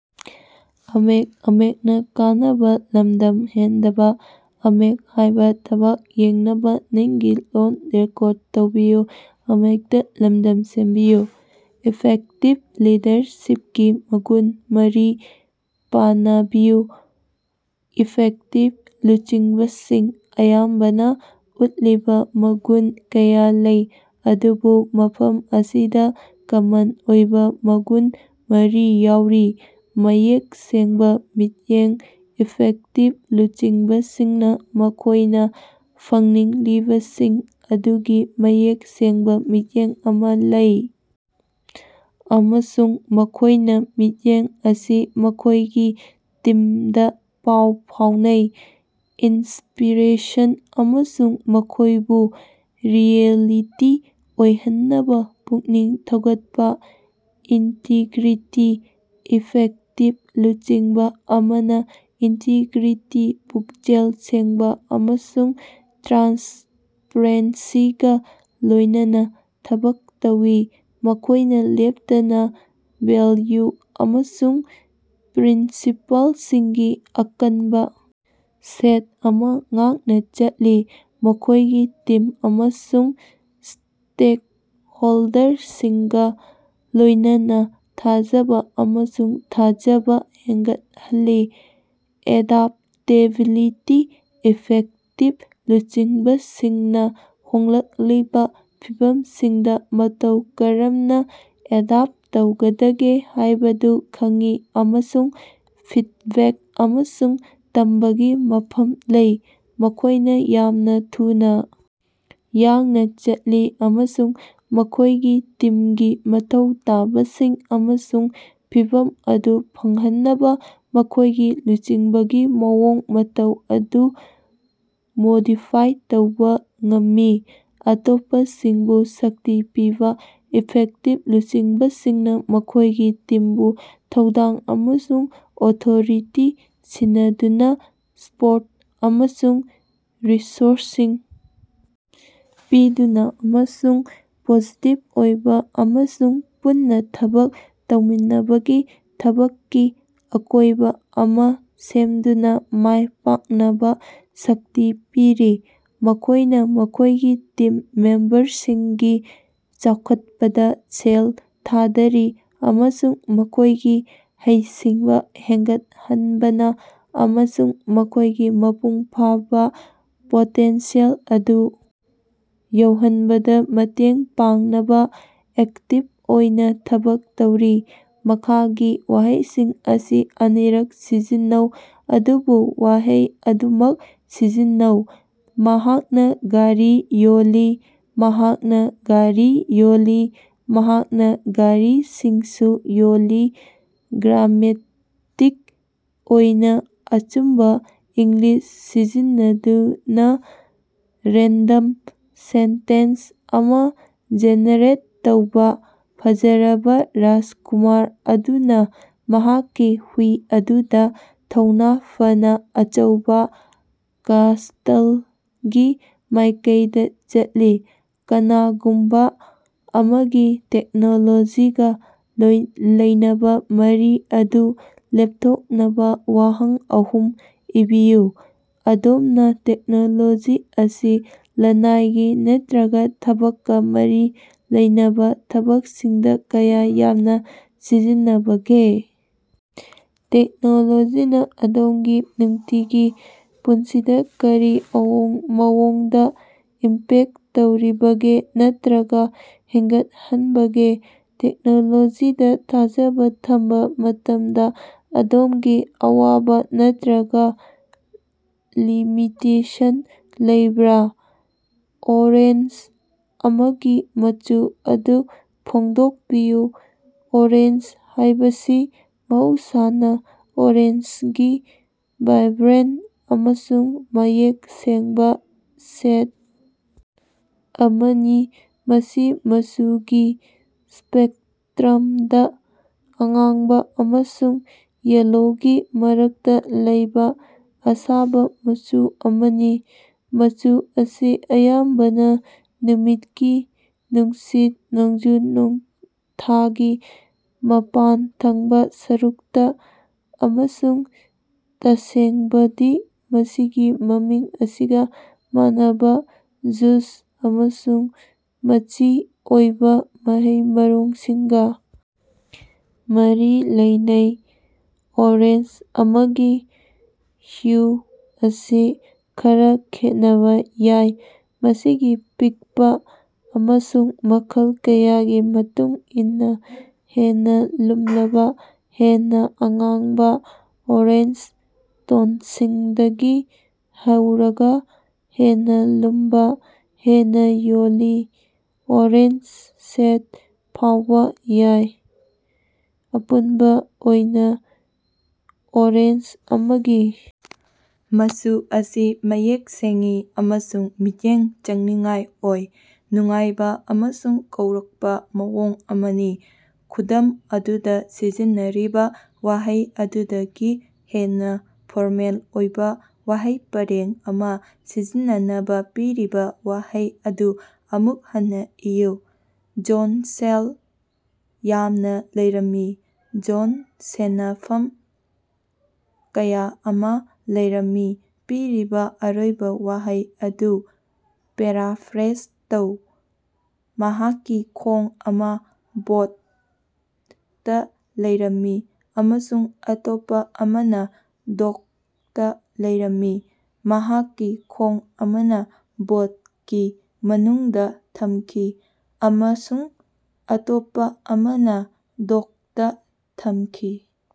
Effective ꯂꯤꯗꯔꯁꯤꯞꯀꯤ ꯃꯒꯨꯟ ꯃꯔꯤ ꯄꯅꯕꯤꯌꯨ꯫ Effective ꯂꯨꯆꯤꯡꯕꯁꯤꯡ ꯑꯌꯥꯝꯕꯅ ꯎꯠꯂꯤꯕ ꯃꯒꯨꯟ ꯀꯌꯥ ꯂꯩ, ꯑꯗꯨꯕꯨ ꯃꯐꯝ ꯑꯁꯤꯗ ꯀꯃꯟ ꯑꯣꯏꯕ ꯃꯒꯨꯟ ꯃꯔꯤ ꯌꯥꯎꯔꯤ: ꯃꯌꯦꯛ ꯁꯦꯡꯕ ꯃꯤꯠꯌꯦꯡ: ꯏꯐꯦꯛꯇꯤꯞ ꯂꯨꯆꯤꯡꯕꯁꯤꯡꯅ ꯃꯈꯣꯏꯅ ꯐꯪꯅꯤꯡꯂꯤꯕꯁꯤꯡ ꯑꯗꯨꯒꯤ ꯃꯌꯦꯛ ꯁꯦꯡꯕ ꯃꯤꯠꯌꯦꯡ ꯑꯃ ꯂꯩ, ꯑꯃꯁꯨꯡ ꯃꯈꯣꯏꯅ ꯃꯤꯠꯌꯦꯡ ꯑꯁꯤ ꯃꯈꯣꯏꯒꯤ ꯇꯤꯝꯗ ꯄꯥꯎ ꯐꯥꯎꯅꯩ, ꯏꯟꯁꯄꯤꯔꯦꯁꯟ ꯑꯃꯁꯨꯡ ꯃꯈꯣꯏꯕꯨ ꯔꯤꯑꯦꯂꯤꯇꯤ ꯑꯣꯏꯍꯟꯅꯕ ꯄꯨꯛꯅꯤꯡ ꯊꯧꯒꯠꯄ꯫ ꯏꯟꯇꯤꯒ꯭ꯔꯤꯇꯤ: ꯏꯐꯦꯛꯇꯤꯞ ꯂꯨꯆꯤꯡꯕ ꯑꯃꯅ ꯏꯟꯇꯤꯒ꯭ꯔꯤꯇꯤ, ꯄꯨꯛꯆꯦꯜ ꯁꯦꯡꯕ ꯑꯃꯁꯨꯡ ꯇ꯭ꯔꯥꯟꯁꯄꯔꯦꯟꯁꯤꯒ ꯂꯣꯏꯅꯅ ꯊꯕꯛ ꯇꯧꯏ꯫ ꯃꯈꯣꯏꯅ ꯂꯦꯞꯇꯅ ꯚꯦꯜꯌꯨ ꯑꯃꯁꯨꯡ ꯄ꯭ꯔꯤꯟꯁꯤꯄꯜꯁꯤꯡꯒꯤ ꯑꯀꯟꯕ ꯁꯦꯠ ꯑꯃ ꯉꯥꯛꯅ ꯆꯠꯂꯤ, ꯃꯈꯣꯏꯒꯤ ꯇꯤꯝ ꯑꯃꯁꯨꯡ ꯁ꯭ꯇꯦꯛꯍꯣꯜꯗꯔꯁꯤꯡꯒ ꯂꯣꯏꯅꯅ ꯊꯥꯖꯕ ꯑꯃꯁꯨꯡ ꯊꯥꯖꯕ ꯍꯦꯟꯒꯠꯍꯜꯂꯤ꯫ ꯑꯦꯗꯥꯞꯇꯦꯕꯤꯂꯤꯇꯤ: ꯏꯐꯦꯛꯇꯤꯕ ꯂꯨꯆꯤꯡꯕꯁꯤꯡꯅ ꯍꯣꯡꯂꯛꯂꯤꯕ ꯐꯤꯚꯝꯁꯤꯡꯗ ꯃꯇꯧ ꯀꯔꯝꯅ ꯑꯦꯗꯥꯞ ꯇꯧꯒꯗꯒꯦ ꯍꯥꯏꯕꯗꯨ ꯈꯪꯏ ꯑꯃꯁꯨꯡ ꯐꯤꯗꯕꯦꯛ ꯑꯃꯁꯨꯡ ꯇꯝꯕꯒꯤ ꯃꯐꯝ ꯂꯩ꯫ ꯃꯈꯣꯏꯅ ꯌꯥꯝꯅ ꯊꯨꯅ ꯌꯥꯡꯅ ꯆꯠꯂꯤ ꯑꯃꯁꯨꯡ ꯃꯈꯣꯏꯒꯤ ꯇꯤꯝꯒꯤ ꯃꯊꯧ ꯇꯥꯕꯁꯤꯡ ꯑꯃꯁꯨꯡ ꯐꯤꯚꯝ ꯑꯗꯨ ꯐꯪꯍꯟꯅꯕ ꯃꯈꯣꯏꯒꯤ ꯂꯨꯆꯤꯡꯕꯒꯤ ꯃꯑꯣꯡ ꯃꯇꯧ ꯑꯗꯨ ꯃꯣꯗꯤꯐꯥꯏ ꯇꯧꯕ ꯉꯝꯃꯤ꯫ ꯑꯇꯣꯞꯄꯁꯤꯡꯕꯨ ꯁꯛꯇꯤ ꯄꯤꯕ: ꯏꯐꯦꯛꯇꯤꯞ ꯂꯨꯆꯤꯡꯕꯁꯤꯡꯅ ꯃꯈꯣꯏꯒꯤ ꯇꯤꯝꯕꯨ ꯊꯧꯗꯥꯡ ꯑꯃꯁꯨꯡ ꯑꯣꯊꯣꯔꯤꯇꯤ ꯁꯤꯟꯅꯗꯨꯅ, ꯁꯄꯣꯔꯠ ꯑꯃꯁꯨꯡ ꯔꯤꯁꯣꯔꯁꯁꯤꯡ ꯄꯤꯗꯨꯅ, ꯑꯃꯁꯨꯡ ꯄꯣꯖꯤꯇꯤꯞ ꯑꯣꯏꯕ ꯑꯃꯁꯨꯡ ꯄꯨꯟꯅ ꯊꯕꯛ ꯇꯧꯃꯤꯟꯅꯕꯒꯤ ꯊꯕꯛꯀꯤ ꯑꯀꯣꯏꯕ ꯑꯃ ꯁꯦꯝꯗꯨꯅ ꯃꯥꯏ ꯄꯥꯛꯅꯕ ꯁꯛꯇꯤ ꯄꯤꯔꯤ꯫ ꯃꯈꯣꯏꯅ ꯃꯈꯣꯏꯒꯤ ꯇꯤꯝ ꯃꯦꯝꯕꯔꯁꯤꯡꯒꯤ ꯆꯥꯎꯈꯠꯄꯗ ꯁꯦꯜ ꯊꯥꯗꯔꯤ ꯑꯃꯁꯨꯡ ꯃꯈꯣꯏꯒꯤ ꯍꯩꯁꯤꯡꯕ ꯍꯦꯟꯒꯠꯍꯟꯕꯗ ꯑꯃꯁꯨꯡ ꯃꯈꯣꯏꯒꯤ ꯃꯄꯨꯡ ꯐꯥꯕꯥ ꯄꯣꯇꯦꯟꯁꯤꯌꯦꯜ ꯑꯗꯨ ꯌꯧꯍꯟꯕꯗ ꯃꯇꯦꯡ ꯄꯥꯡꯅꯕ ꯑꯦꯛꯇꯤꯞ ꯑꯣꯏꯅ ꯊꯕꯛ ꯇꯧꯔꯤ꯫ ꯃꯈꯥꯒꯤ ꯋꯥꯍꯩ ꯑꯁꯤ ꯑꯅꯤꯔꯛ ꯁꯤꯖꯤꯟꯅꯧ ꯑꯗꯨꯕꯨ ꯋꯥꯍꯩ ꯑꯗꯨꯃꯛ ꯁꯤꯖꯤꯟꯅꯧ꯫ ꯃꯍꯥꯛꯅ ꯒꯥꯔꯤ ꯌꯣꯜꯂꯤ꯫ ꯃꯍꯥꯛꯅꯥ ꯒꯥꯔꯤ ꯌꯣꯜꯂꯤ꯫ ꯃꯍꯥꯛꯅ ꯒꯥꯔꯤꯁꯤꯡꯁꯨ ꯌꯣꯜꯂꯤ꯫ ꯒ꯭ꯔꯥꯃꯦꯇꯤꯛ ꯑꯣꯏꯅ ꯑꯆꯨꯝꯕꯥ ꯏꯪꯂꯤꯁ ꯁꯤꯖꯤꯟꯅꯗꯨꯅ ꯔꯦꯟꯗꯝ ꯁꯦꯟꯇꯦꯟꯁ ꯑꯃ ꯖꯦꯅꯦꯔꯦꯠ ꯇꯧꯕ꯫ ꯐꯖꯔꯕ ꯔꯥꯖꯀꯨꯃꯥꯔ ꯑꯗꯨꯅ ꯃꯍꯥꯛꯀꯤ ꯍꯨꯏ ꯑꯗꯨꯗ ꯊꯧꯅ ꯐꯅ ꯑꯆꯧꯕꯥ ꯀꯥꯁꯇꯜꯒꯤ ꯃꯥꯏꯀꯩꯗ ꯆꯠꯈꯤ꯫ ꯀꯅꯥꯒꯨꯝꯕ ꯑꯃꯒꯤ ꯇꯦꯛꯅꯣꯂꯣꯖꯤꯒ ꯂꯩꯅꯕ ꯃꯔꯤ ꯑꯗꯨ ꯂꯦꯞꯊꯣꯛꯅꯕ ꯋꯥꯍꯪ ꯑꯍꯨꯝ ꯏꯕꯤꯌꯨ꯫ ꯑꯗꯣꯝꯅꯥ ꯇꯦꯛꯅꯣꯂꯣꯖꯤ ꯑꯁꯤ ꯂꯅꯥꯏꯒꯤ ꯅꯠꯔꯒꯥ ꯊꯕꯛꯀ ꯃꯔꯤ ꯂꯩꯅꯕ ꯊꯕꯛꯁꯤꯡꯗ ꯀꯌꯥ ꯌꯥꯝꯅ ꯁꯤꯖꯤꯟꯅꯕꯒꯦ? ꯇꯦꯛꯅꯣꯂꯣꯖꯤꯅ ꯑꯗꯣꯝꯒꯤ ꯅꯨꯡꯇꯤꯒꯤ ꯄꯨꯟꯁꯤꯗ ꯀꯔꯤ ꯑꯑꯣꯡ ꯃꯑꯣꯡꯗ ꯏꯝꯄꯦꯛ ꯇꯧꯔꯤꯕꯒꯦ ꯅꯠꯇꯔꯒ ꯍꯦꯡꯒꯠꯍꯟꯕꯒꯦ? ꯇꯦꯛꯅꯣꯂꯣꯖꯤꯗ ꯊꯥꯖꯕ ꯊꯝꯕ ꯃꯇꯝꯗ ꯑꯗꯣꯝꯒꯤ ꯑꯋꯥꯕ ꯅꯠꯇꯔꯒ ꯂꯤꯃꯤꯇꯦꯁꯟ ꯂꯩꯕꯔꯥ? ꯑꯣꯔꯦꯟꯖ ꯑꯃꯒꯤ ꯃꯆꯨ ꯑꯗꯨ ꯐꯣꯡꯗꯣꯛꯄꯤꯌꯨ꯫ ꯑꯣꯔꯦꯟꯖ ꯍꯥꯌꯕꯁꯤ ꯃꯍꯧꯁꯥꯅꯥ ꯑꯣꯔꯦꯟꯖꯒꯤ ꯕꯥꯏꯕ꯭ꯔꯦꯟꯠ ꯑꯃꯁꯨꯡ ꯃꯌꯦꯛ ꯁꯦꯡꯕ ꯁꯦꯗ ꯑꯃꯅꯤ, ꯃꯁꯤ ꯃꯆꯨꯒꯤ ꯁ꯭ꯄꯦꯛꯇ꯭ꯔꯝꯗ ꯑꯉꯥꯡꯕ ꯑꯃꯁꯨꯡ ꯌꯦꯜꯂꯣꯒꯤ ꯃꯔꯛꯇ ꯂꯩꯕ ꯑꯁꯥꯕ ꯃꯆꯨ ꯑꯃꯅꯤ꯫ ꯃꯆꯨ ꯑꯁꯤ ꯑꯌꯥꯝꯕꯅ ꯅꯨꯃꯤꯠꯀꯤ ꯅꯨꯡꯁꯤꯠ, ꯅꯣꯡꯖꯨ ꯊꯥꯒꯤ ꯃꯄꯥꯟ ꯊꯪꯕꯥ ꯁꯔꯨꯛꯇ, ꯑꯃꯁꯨꯡ ꯇꯁꯦꯡꯕꯗꯤ, ꯃꯁꯤꯒꯤ ꯃꯃꯤꯡ ꯑꯁꯤꯒ ꯃꯥꯟꯅꯕ ꯖꯨꯁ ꯑꯃꯁꯨꯡ ꯃꯆꯤ ꯑꯣꯏꯕ ꯃꯍꯩ-ꯃꯔꯣꯡꯁꯤꯡꯒ ꯃꯔꯤ ꯂꯩꯅꯩ꯫ ꯑꯣꯔꯦꯟꯖ ꯑꯃꯒꯤ ꯍ꯭ꯌꯨ ꯑꯁꯤ ꯈꯔ ꯈꯦꯠꯅꯕ ꯌꯥꯏ, ꯃꯁꯤꯒꯤ ꯄꯤꯛꯄ ꯑꯃꯁꯨꯡ ꯃꯈꯜ ꯀꯌꯥꯒꯤ ꯃꯇꯨꯡ ꯏꯟꯅ ꯍꯦꯟꯅ ꯂꯨꯝꯂꯕ, ꯍꯦꯟꯅ ꯑꯉꯥꯡꯕ-ꯑꯣꯔꯦꯟꯖ ꯇꯣꯟꯁꯤꯡꯗꯒꯤ ꯍꯧꯔꯒ ꯍꯦꯟꯅ ꯂꯨꯝꯕ, ꯍꯦꯟꯅ ꯌꯣꯜꯂꯤ-ꯑꯣꯔꯦꯟꯖ ꯁꯦꯗ ꯐꯥꯎꯕ ꯌꯥꯏ꯫ ꯑꯄꯨꯟꯕ ꯑꯣꯏꯅ ꯑꯣꯔꯦꯟꯖ ꯑꯃꯒꯤ ꯃꯆꯨ ꯑꯁꯤ ꯃꯌꯦꯛ ꯁꯦꯡꯏ ꯑꯃꯁꯨꯡ ꯃꯤꯠꯌꯦꯡ ꯆꯪꯅꯤꯡꯉꯥꯏ ꯑꯣꯏ, ꯅꯨꯡꯉꯥꯏꯕ ꯑꯃꯁꯨꯡ ꯀꯧꯔꯛꯄ ꯃꯑꯣꯡ ꯑꯃꯅꯤ꯫ ꯈꯨꯗꯝ ꯑꯗꯨꯗ ꯁꯤꯖꯤꯟꯅꯔꯤꯕ ꯋꯥꯍꯩ ꯑꯗꯨꯗꯒꯤ ꯍꯦꯟꯅ ꯐꯣꯔꯃꯦꯜ ꯑꯣꯏꯕ ꯋꯥꯍꯩ ꯄꯔꯦꯡ ꯑꯃ ꯁꯤꯖꯤꯟꯅꯅꯕ ꯄꯤꯔꯤꯕ ꯋꯥꯍꯩ ꯑꯗꯨ ꯑꯃꯨꯛ ꯍꯟꯅ ꯏꯌꯨ꯫ ꯖꯣꯟꯗ ꯁꯦꯜ ꯌꯥꯝꯅ ꯂꯩꯔꯝꯃꯤ꯫ ꯖꯣꯟꯗ ꯁꯦꯅꯐꯝ ꯀꯌꯥ ꯑꯃ ꯂꯩꯔꯝꯃꯤ꯫ ꯄꯤꯔꯤꯕꯥ ꯑꯔꯣꯏꯕ ꯋꯥꯍꯩ ꯑꯗꯨ ꯄꯦꯔꯥꯐ꯭ꯔꯦꯖ ꯇꯧ꯫ ꯃꯍꯥꯛꯀꯤ ꯈꯣꯡ ꯑꯃ ꯕꯣꯠꯇ ꯂꯩꯔꯝꯃꯤ ꯑꯃꯁꯨꯡ ꯑꯇꯣꯞꯄꯥ ꯑꯃꯅꯥ ꯗꯣꯛꯇ ꯂꯩꯔꯝꯃꯤ꯫ ꯃꯍꯥꯛꯀꯤ ꯈꯣꯡ ꯑꯃꯅꯥ ꯕꯣꯠꯀꯤ ꯃꯅꯨꯡꯗ ꯊꯝꯈꯤ ꯑꯃꯁꯨꯡ ꯑꯇꯣꯞꯄ ꯑꯃꯅꯥ ꯗꯣꯛꯇꯥ ꯊꯝꯈꯤ꯫।